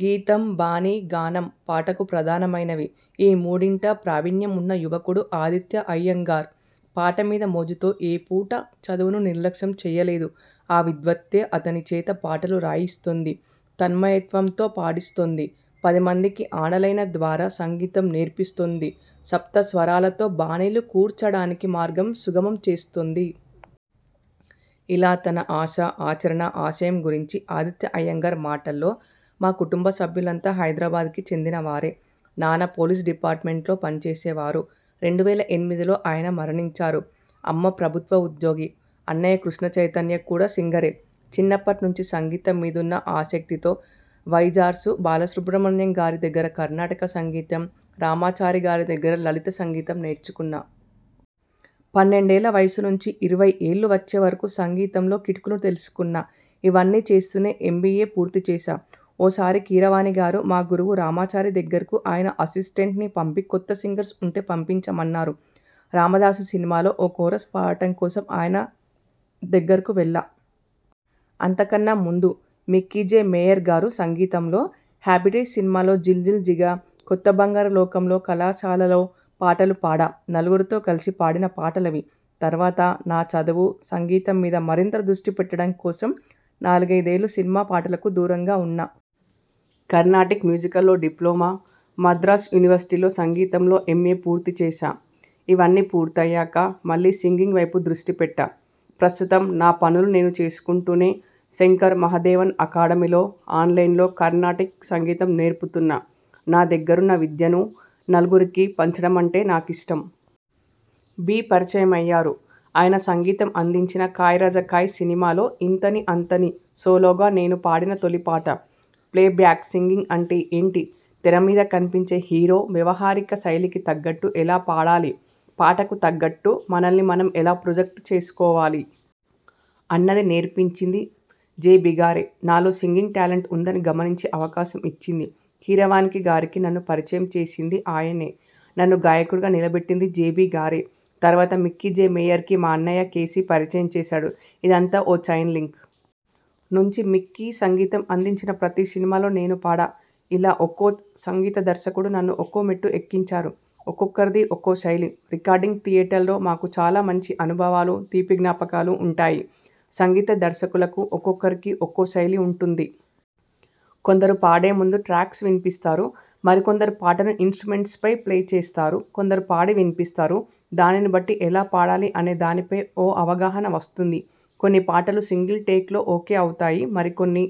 గీతం, బాణీ, గానంపాటకు ప్రధానమైనవి. ఈ మూడింట ప్రావీణ్యం ఉన్న యువకుడు ఆదిత్యా అయ్యంగార్. పాట మీద మోజుతో ఏ పూటా చదువును నిర్లక్ష్యం చెయ్యలేదు. ఆ విద్వత్తే.. అతని చేత పాటలు రాయిస్తుంది. తన్మయత్వంతో పాడిస్తుంది. పదిమందికి ఆనలైన ద్వారా సంగీతం నేర్పిస్తుంది. సప్తస్వరాలతో బాణీలు కూర్చడానికి మార్గం సుగమం చేస్తుంది. ఇలా తన ఆశ, ఆచరణ, ఆశయం గురించి ఆదిత్యా అయ్యంగార్ మాటల్లో మా కుటుంబ సభ్యులంతా హైదరాబాద్కి చెందినవారే. నాన్న పోలీస్ డిపార్ట్మెంట్లో పని చేసేవారు. రెండు వేల ఎనిమిదిలో ఆయన మరణించారు. అమ్మ ప్రభుత్వ ఉద్యోగి. అన్నయ్య కృష్ణ చైతన్య. కూడా సింగరే. చిన్నప్పటి నుంచి సంగీతం మీదున్న ఆసక్తితో వైజార్సు బాలసుబ్రహ్మణ్యంగారి దగ్గర కర్ణాటక సంగీతం, రామాచారిగారి దగ్గర లలిత సంగీతం నేర్చుకున్నా. పన్నెండేళ్ల వయసు నుంచి ఇరవై ఏళ్లు వచ్చేవరకు సంగీతంలో కిటుకులు తెలుసుకున్నా. ఇవన్నీ చేస్తూనే ఎం. బి. ఏ పూర్తి చేశా. ఓసారి కీరవాణిగారు మా గురువు రామాచారి దగ్గరికి ఆయన అసిస్టెంట్ని పంపి కొత్త సింగర్స్ ఉంటే పంపించమన్నారు. రామదాసు సినిమాలో ఓ కోరస్ పాడటం కోసం ఆయన దగ్గరకు వెళ్లా. అంతకన్నా ముందు మిక్కీ. జె. మేయర్గారు సంగీతంలో హ్యాపీడేస్ సినిమాలో జిల్జిల్ జిగా.., కొత్తబంగారు లోకం లో కళాశాలలో.. పాటలు పాడా. నలుగురితో కలిపి పాడిన పాటలవి. తర్వాత నా చదువు, సంగీతం మీద మరింత దృష్టి పెట్టడం కోసం నాలుగైదేళ్లు సినిమా పాటలకు దూరంగా ఉన్నా. కర్ణాటిక్ మ్యూజిక్లో డిప్లొమా, మద్రాస్ యూనివర్శిటీలో సంగీతంలో ఎం. ఎ పూర్తి చేశా. ఇవన్నీ పూర్తయ్యాక మళ్లీ సింగింగ్ వైపు దృష్టిపెట్టా. ప్రస్తుతం నా పనులు నేను చేసుకుంటూనే శంకర్ మహాదేవన అకాడమీలో ఆనలైనలో కర్ణాటిక్ సంగీతం నేర్పుతున్నా. నా దగ్గరున్న విద్యను నలుగురికి పంచడమంటే నాకిష్టం. బి పరిచయమయ్యారు. ఆయన సంగీతం అందించిన కాయ్ రాజా కాయ్ సినిమాలో ఇంతని అంతని.. సోలోగా నేను పాడిన తొలి పాట. ప్లేబ్యాక్ సింగింగ్ అంటే ఏంటి? తెర మీద కనిపించే హీరో వ్యావహారిక శైలికి తగ్గట్టు ఎలా పాడాలి? పాటకు తగ్గట్టు మనల్ని మనం ఎలా ప్రొజెక్ట్ చేసుకోవాలి? అన్నది నేర్పించింది జె. బిగారే. నాలో సింగింగ్ టాలెంట్ ఉందని గమనించి అవకాశం ఇచ్చిందీ, కీరవాణికిగారికి నన్ను పరిచయం చేసిందీ ఆయనే. నన్ను గాయకుడిగా నిలబెట్టింది జె. బి. గారే. తర్వాత మిక్కీ. జె. మేయర్కి మా అన్నయ్య కె. సి పరిచయం చేశాడు. ఇదంతా ఓ చైన్ లింక్. నుంచి మిక్కీ సంగీతం అందించిన ప్రతి సినిమాలో నేను పాడా. ఇలా ఒక్కో సంగీత దర్శకుడు నన్ను ఒక్కో మెట్టు ఎక్కించారు. ఒక్కొక్కరిది ఒక్కో శైలి.. రికార్డింగ్ థియేటర్లో మాకు చాలా మంచి అనుభవాలు, తీపి జ్ఞాపకాలు ఉంటాయి. సంగీత దర్శకులకు ఒక్కొక్కరికి ఒక్కో శైలి ఉంటుంది. కొందరు పాడే ముందు ట్రాక్స్ వినిపిస్తారు. మరికొందరు పాటను ఇనసు్ట్రమెంట్పై ప్లే చేస్తారు. కొందరు పాడి వినిపిస్తారు. దానిని బట్టి ఎలా పాడాలి అనేదానిపై ఓ అవగాహన వస్తుంది. కొన్ని పాటలు సింగిల్ టేక్లో ఓకే అవుతాయి. మరికొన్ని